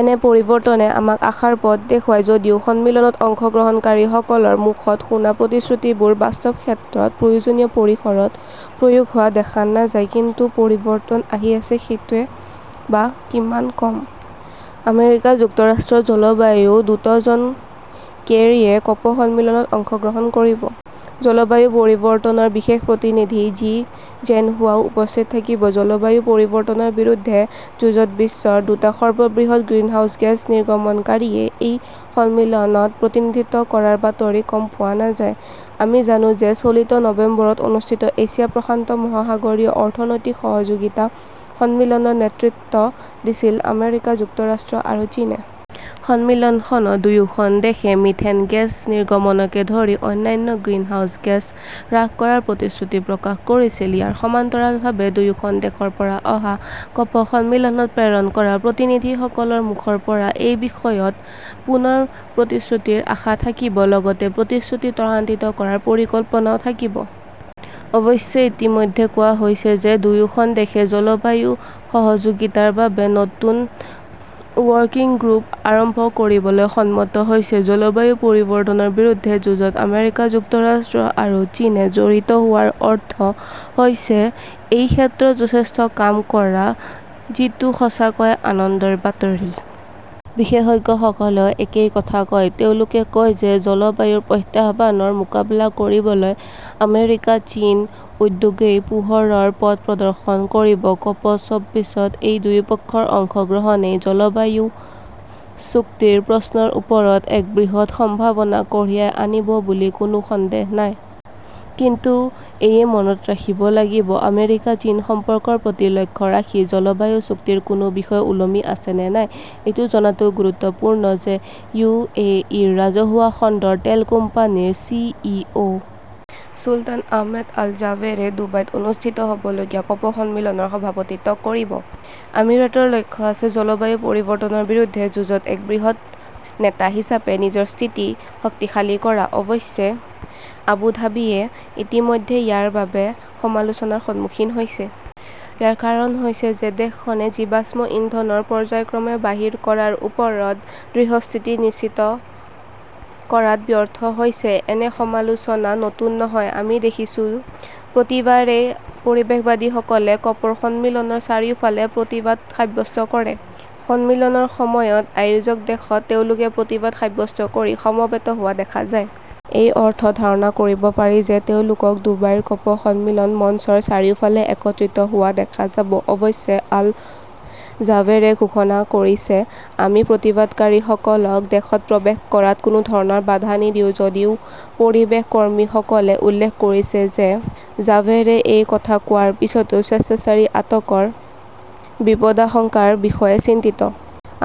এনে পৰিৱৰ্তনে আমাক আশাৰ পথ দেখুৱায়। যদিও সন্মিলনত অংশগ্ৰহণকাৰীসকলৰ মুখত শুনা প্ৰতিশ্ৰুতিবোৰ বাস্তৱ ক্ষেত্ৰত প্ৰয়োজনীয় পৰিসৰত প্ৰয়োগ হোৱা দেখা নাযায়। কিন্তু পৰিৱৰ্তন আহি আছে, সেইটোৱেই বা কিমান কম? আমেৰিকা যুক্তৰাষ্ট্ৰৰ জলবায়ু দূত জন কেৰীয়ে ক 'প- সন্মিলনত অংশগ্ৰহণ কৰিব। চীনৰ জলবায়ু পৰিৱৰ্তনৰ বিশেষ প্ৰতিনিধি জি জেনহুৱাও উপস্থিত থাকিব। জলবায়ু পৰিৱৰ্তনৰ বিৰুদ্ধে যুঁজত বিশ্বৰ দুটা সৰ্ববৃহৎ গ্ৰিনহাউজ গেছ নিৰ্গমনকাৰীয়ে এই সন্মিলনত প্ৰতিনিধিত্ব কৰাৰ বাতৰি কম পোৱা নাযায়। আমি জানো যে চলিত নৱেম্বৰত অনুষ্ঠিত এছিয়া-প্ৰশান্ত মহাসাগৰীয় অৰ্থনৈতিক সহযোগিতা সন্মিলনৰ নেতৃত্ব দিছিল আমেৰিকা যুক্তৰাষ্ট্ৰ আৰু চীনে। সন্মিলনখনত দুয়োখন দেশে মিথেন গেছ নিৰ্গমনকে ধৰি অন্যান্য গ্ৰিনহাউজ গেছ হ্ৰাস কৰাৰ প্ৰতিশ্ৰুতি প্ৰকাশ কৰিছিল। ইয়াৰ সমান্তৰালভাৱে দুয়োখন দেশৰ পৰা অহা ক'প- সন্মিলনত প্ৰেৰণ কৰা প্ৰতিনিধিসকলৰ মুখৰ পৰা এই বিষয়ত পুনৰ প্ৰতিশ্ৰুতিৰ আশা থাকিব, লগতে প্ৰতিশ্ৰুতি ত্বৰান্বিত কৰাৰ পৰিকল্পনাও থাকিব। অৱশ্যে, ইতিমধ্যে কোৱা হৈছে যে দুয়োখন দেশে জলবায়ু সহযোগিতাৰ বাবে নতুন 'ৱৰ্কিং গ্ৰুপ' আৰম্ভ কৰিবলৈ সন্মত হৈছে। জলবায়ু পৰিৱৰ্তনৰ বিৰুদ্ধে যুঁজত আমেৰিকা যুক্তৰাষ্ট্ৰ আৰু চীনে জড়িত হোৱাৰ অৰ্থ হৈছে এই ক্ষেত্ৰত যথেষ্ট কাম কৰা, যিটো সঁচাকৈয়ে আনন্দৰ বাতৰি। বিশেষজ্ঞসকলেও একেই কথা কয়। তেওঁলোকে কয় যে জলবায়ুৰ প্ৰত্যাহ্বানৰ মোকাবিলা কৰিবলৈ আমেৰিকা-চীন উদ্যোগই পোহৰৰ পথ প্ৰদৰ্শন কৰিব। ক'প- ছবিছত এই দুয়োপক্ষৰ অংশগ্ৰহণই জলবায়ু চুক্তিৰ প্ৰশ্নৰ ওপৰত এক বৃহৎ সম্ভাৱনা কঢ়িয়াই আনিব বুলি কোনো সন্দেহ নাই। কিন্তু এ-য়ে মনত ৰাখিব লাগিব, আমেৰিকা-চীন সম্পৰ্কৰ প্ৰতি লক্ষ্য ৰাখি জলবায়ু চুক্তিৰ কোনো বিষয় ওলমি আছে নে নাই! এইটো জনাটো গুৰুত্বপূৰ্ণ যে ইউ. এ. ই. ৰ ৰাজহুৱা খণ্ডৰ তেল কোম্পানীৰ চি. ই. অ '. চুলতান আহমেদ আল জাবেৰে ডুবাইত অনুষ্ঠিত হ' বলগীয়া ক 'প- সন্মিলনৰ সভাপতিত্ব কৰিব। আমিৰাটৰ লক্ষ্য হৈছে জলবায়ু পৰিৱৰ্তনৰ বিৰুদ্ধে যুঁজত এক বৃহৎ নেতা হিচাপে নিজৰ স্থিতি শক্তিশালী কৰা। অৱশ্যে আবুধাবিয়ে ইতিমধ্যে ইয়াৰ বাবে সমালোচনাৰ সন্মুখীন হৈছে। ইয়াৰ কাৰণ হৈছে যে দেশখনে জীৱাশ্ম ইন্ধনৰ "পৰ্য্যায়ক্ৰমে বাহিৰ কৰা "ৰ ওপৰত দৃঢ় স্থিতি নিশ্চিত কৰাত ব্যৰ্থ হৈছে, এনে আলোচনা নতুন নহয়। আমি দেখিছোঁ, প্ৰতিবাৰেই পৰিৱেশবাদীসকলে কপৰ সন্মিলনৰ চাৰিওফালে প্ৰতিবাদ সাব্যস্ত কৰে। সন্মিলনৰ সময়ত আয়োজক দেশত তেওঁলোকে প্ৰতিবাদ সাব্যস্ত কৰি সমবেত হোৱা দেখা যায়। এই অৰ্থত, ধাৰণা কৰিব পাৰি যে তেওঁলোকক ডুবাইৰ ক'প- সন্মিলন মঞ্চৰ চাৰিওফালে একত্ৰিত হোৱা দেখা যাব। অৱশ্যে আল জাবেৰে ঘোষণা কৰিছে, আমি প্ৰতিবাদকাৰীসকলক দেশত প্ৰৱেশ কৰাত কোনো ধৰণৰ বাধা নিদিওঁ। যদিও পৰিৱেশ কৰ্মীসকলে উল্লেখ কৰিছে যে জাবেৰে এই কথা কোৱাৰ পিছতো স্বেচ্ছাচাৰী আটকৰ বিপদাশংকাৰ বিষয়ে চিন্তিত।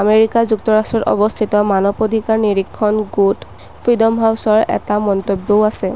আমেৰিকা যুক্তৰাষ্ট্ৰত অৱস্থিত মানৱ অধিকাৰ নিৰীক্ষণ গোট ফ্ৰীডম হাউছৰ এটা মন্তব্যও আছে।